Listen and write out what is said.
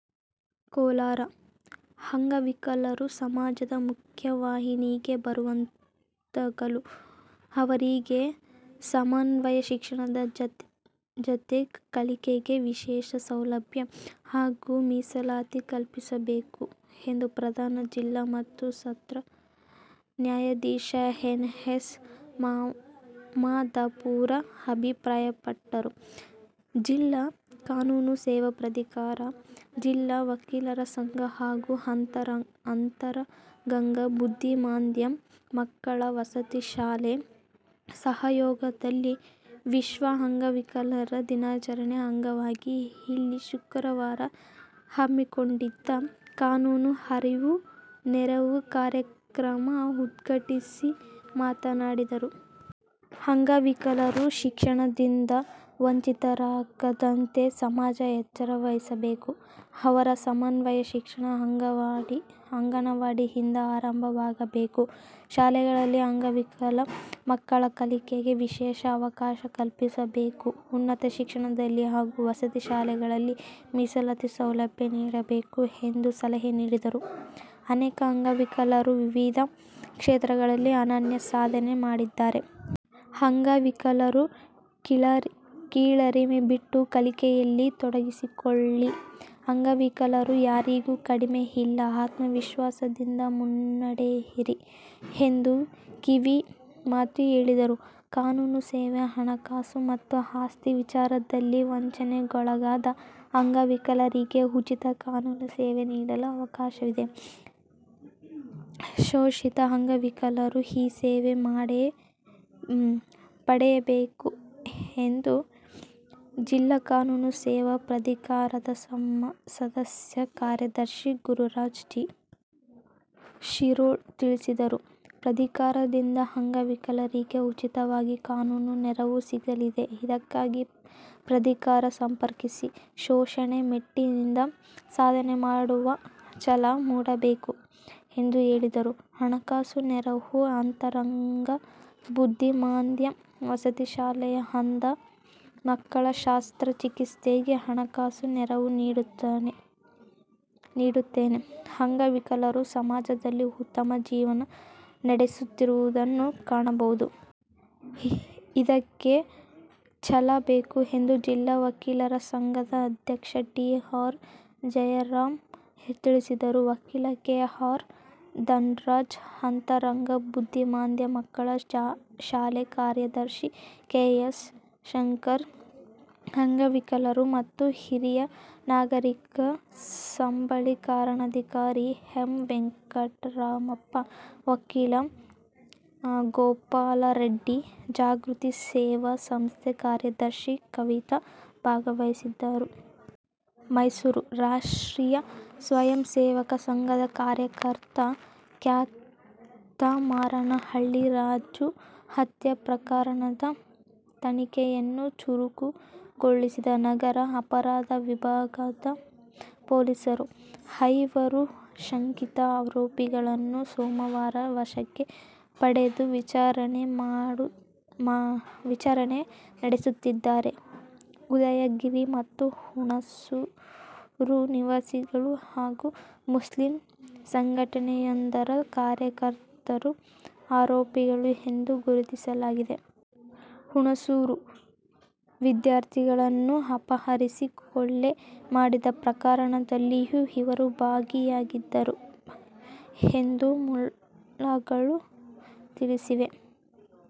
ಕೋಲಾರ: 'ಅಂಗವಿಕಲರು ಸಮಾಜದ ಮುಖ್ಯವಾಹಿನಿಗೆ ಬರುವಂತಾಗಲು ಅವರಿಗೆ ಸಮನ್ವಯ ಶಿಕ್ಷಣದ ಜತೆ ಕಲಿಕೆಗೆ ವಿಶೇಷ ಸೌಲಭ್ಯ ಹಾಗೂ ಮೀಸಲಾತಿ ಕಲ್ಪಿಸಬೇಕು' ಎಂದು ಪ್ರಧಾನ ಜಿಲ್ಲಾ ಮತ್ತು ಸತ್ರ ನ್ಯಾಯಾಧೀಶ ಎನ್. ಎಸ್. ಮಮದಾಪುರ ಅಭಿಪ್ರಾಯಪಟ್ಟರು. ಜಿಲ್ಲಾ ಕಾನೂನು ಸೇವಾ ಪ್ರಾಧಿಕಾರ, ಜಿಲ್ಲಾ ವಕೀಲರ ಸಂಘ ಹಾಗೂ ಅಂತರಗಂಗಾ ಬುದ್ಧಿಮಾಂದ್ಯ ಮಕ್ಕಳ ವಸತಿ ಶಾಲೆ ಸಹಯೋಗದಲ್ಲಿ ವಿಶ್ವ ಅಂಗವಿಕಲರ ದಿನಾಚರಣೆ ಅಂಗವಾಗಿ ಇಲ್ಲಿ ಶುಕ್ರವಾರ ಹಮ್ಮಿಕೊಂಡಿದ್ದ ಕಾನೂನು ಅರಿವು ನೆರವು ಕಾರ್ಯಕ್ರಮ ಉದ್ಘಾಟಿಸಿ ಮಾತನಾಡಿದರು. 'ಅಂಗವಿಕಲರು ಶಿಕ್ಷಣದಿಂದ ವಂಚಿತರಾಗದಂತೆ ಸಮಾಜ ಎಚ್ಚರ ವಹಿಸಬೇಕು. ಅವರ ಸಮನ್ವಯ ಶಿಕ್ಷಣ ಅಂಗನವಾಡಿಯಿಂದ ಆರಂಭವಾಗಬೇಕು. ಶಾಲೆಗಳಲ್ಲಿ ಅಂಗವಿಕಲ ಮಕ್ಕಳ ಕಲಿಕೆಗೆ ವಿಶೇಷ ಅವಕಾಶ ಕಲ್ಪಿಸಬೇಕು. ಉನ್ನತ ಶಿಕ್ಷಣದಲ್ಲಿ ಹಾಗೂ ವಸತಿ ಶಾಲೆಗಳಲ್ಲಿ ಮೀಸಲಾತಿ ಸೌಲಭ್ಯ ನೀಡಬೇಕು' ಎಂದು ಸಲಹೆ ನೀಡಿದರು. 'ಅನೇಕ ಅಂಗವಿಕಲರು ವಿವಿಧ ಕ್ಷೇತ್ರಗಳಲ್ಲಿ ಅನನ್ಯ ಸಾಧನೆ ಮಾಡಿದ್ದಾರೆ. ಅಂಗವಿಕಲರು ಕೀಳರಿಮೆ ಬಿಟ್ಟು ಕಲಿಕೆಯಲ್ಲಿ ತೊಡಗಿಸಿಕೊಳ್ಳಿ. ಅಂಗವಿಕಲರು ಯಾರಿಗೂ ಕಡಿಮೆಯಿಲ್ಲ. ಆತ್ಮವಿಶ್ವಾಸದಿಂದ ಮುನ್ನಡೆಯಿರಿ' ಎಂದು ಕಿವಿಮಾತು ಹೇಳಿದರು. ಕಾನೂನು ಸೇವೆ: 'ಹಣಕಾಸು ಹಾಗೂ ಆಸ್ತಿ ವಿಚಾರದಲ್ಲಿ ವಂಚನೆಗೊಳಗಾದ ಅಂಗವಿಕಲರಿಗೆ ಉಚಿತ ಕಾನೂನು ಸೇವೆ ನೀಡಲು ಅವಕಾಶವಿದೆ. ಶೋಷಿತ ಅಂಗವಿಕಲರು ಈ ಸೇವೆ ಪಡೆಯಬೇಕು' ಎಂದು ಜಿಲ್ಲಾ ಕಾನೂನು ಸೇವಾ ಪ್ರಾಧಿಕಾರದ ಸದಸ್ಯ ಕಾರ್ಯದರ್ಶಿ ಗುರುರಾಜ್ ಜಿ. ಶಿರೋಳ್ ತಿಳಿಸಿದರು. 'ಪ್ರಾಧಿಕಾರದಿಂದ ಅಂಗವಿಕಲರಿಗೆ ಉಚಿತವಾಗಿ ಕಾನೂನು ನೆರವು ಸಿಗಲಿದೆ. ಇದಕ್ಕಾಗಿ ಪ್ರಾಧಿಕಾರ ಸಂಪರ್ಕಿಸಿ. ಶೋಷಣೆ ಮೆಟ್ಟಿನಿಂತು ಸಾಧನೆ ಮಾಡುವ ಛಲ ಮೂಡಬೇಕು' ಎಂದು ಹೇಳಿದರು. ಹಣಕಾಸು ನೆರವು: 'ಅಂತರಗಂಗಾ ಬುದ್ಧಿಮಾಂದ್ಯ ವಸತಿ ಶಾಲೆಯ ಅಂಧ ಮಕ್ಕಳ ಶಸ್ತ್ರಚಿಕಿತ್ಸೆಗೆ ಹಣಕಾಸು ನೆರವು ನೀಡುತ್ತೇನೆ. ಅಂಗವಿಕಲರು ಸಮಾಜದಲ್ಲಿ ಉತ್ತಮ ಜೀವನ ನಡೆಸುತ್ತಿರುವುದನ್ನು ಕಾಣಬಹುದು. ಇದಕ್ಕೆ ಛಲ ಬೇಕು ಎಂದು ಜಿಲ್ಲಾ ವಕೀಲರ ಸಂಘದ ಅಧ್ಯಕ್ಷ ಟಿ. ಆರ್. ಜಯರಾಮ್ ತಿಳಿಸಿದರು. ವಕೀಲ ಕೆ. ಆರ್. ಧನರಾಜ್, ಅಂತರಗಂಗಾ ಬುದ್ಧಿಮಾಂದ್ಯ ಮಕ್ಕಳ ಶಾಲೆ ಕಾರ್ಯದರ್ಶಿ ಕೆ.ಎಸ್. ಶಂಕರ್, ಅಂಗವಿಕಲರು ಮತ್ತು ಹಿರಿಯ ನಾಗರೀಕರ ಸಬಲೀಕರಣಾಧಿಕಾರಿ ಎಂ. ವೆಂಕಟರಾಮಪ್ಪ, ವಕೀಲ ಗೋಪಾಲರೆಡ್ಡಿ, ಜಾಗೃತಿ ಸೇವಾ ಸಂಸ್ಥೆ ಕಾರ್ಯದರ್ಶಿ ಕವಿತಾ ಭಾಗವಹಿಸಿದ್ದರು. ಮೈಸೂರು: ರಾಷ್ಟ್ರೀಯ ಸ್ವಯಂ ಸೇವಕ ಸಂಘದ ಕಾರ್ಯಕರ್ತ ಕ್ಯಾತಮಾರನಹಳ್ಳಿ ರಾಜು ಹತ್ಯೆ ಪ್ರಕರಣದ ತನಿಖೆಯನ್ನು ಚುರುಕುಗೊಳಿಸಿದ ನಗರ ಅಪರಾಧ ವಿಭಾಗದ ಪೊಲೀಸರು, ಐವರು ಶಂಕಿತ ಆರೋಪಿಗಳನ್ನು ಸೋಮವಾರ ವಶಕ್ಕೆ ಪಡೆದು ವಿಚಾರಣೆ ನಡೆಸುತ್ತಿದ್ದಾರೆ. ಉದಯಗಿರಿ ಹಾಗೂ ಹುಣಸೂರು ನಿವಾಸಿಗಳು ಹಾಗೂ ಮುಸ್ಲಿಂ ಸಂಘಟನೆಯೊಂದರ ಕಾರ್ಯಕರ್ತರು ಆರೋಪಿಗಳು ಎಂದು ಗುರುತಿಸಲಾಗಿದೆ. ಹುಣಸೂರು ವಿದ್ಯಾರ್ಥಿಗಳನ್ನು ಅಪಹರಿಸಿ ಕೊಲೆ ಮಾಡಿದ ಪ್ರಕರಣದಲ್ಲಿಯೂ ಇವರು ಭಾಗಿಯಾಗಿದ್ದರು ಎಂದು ಮೂಲಗಳು ತಿಳಿಸಿವೆ.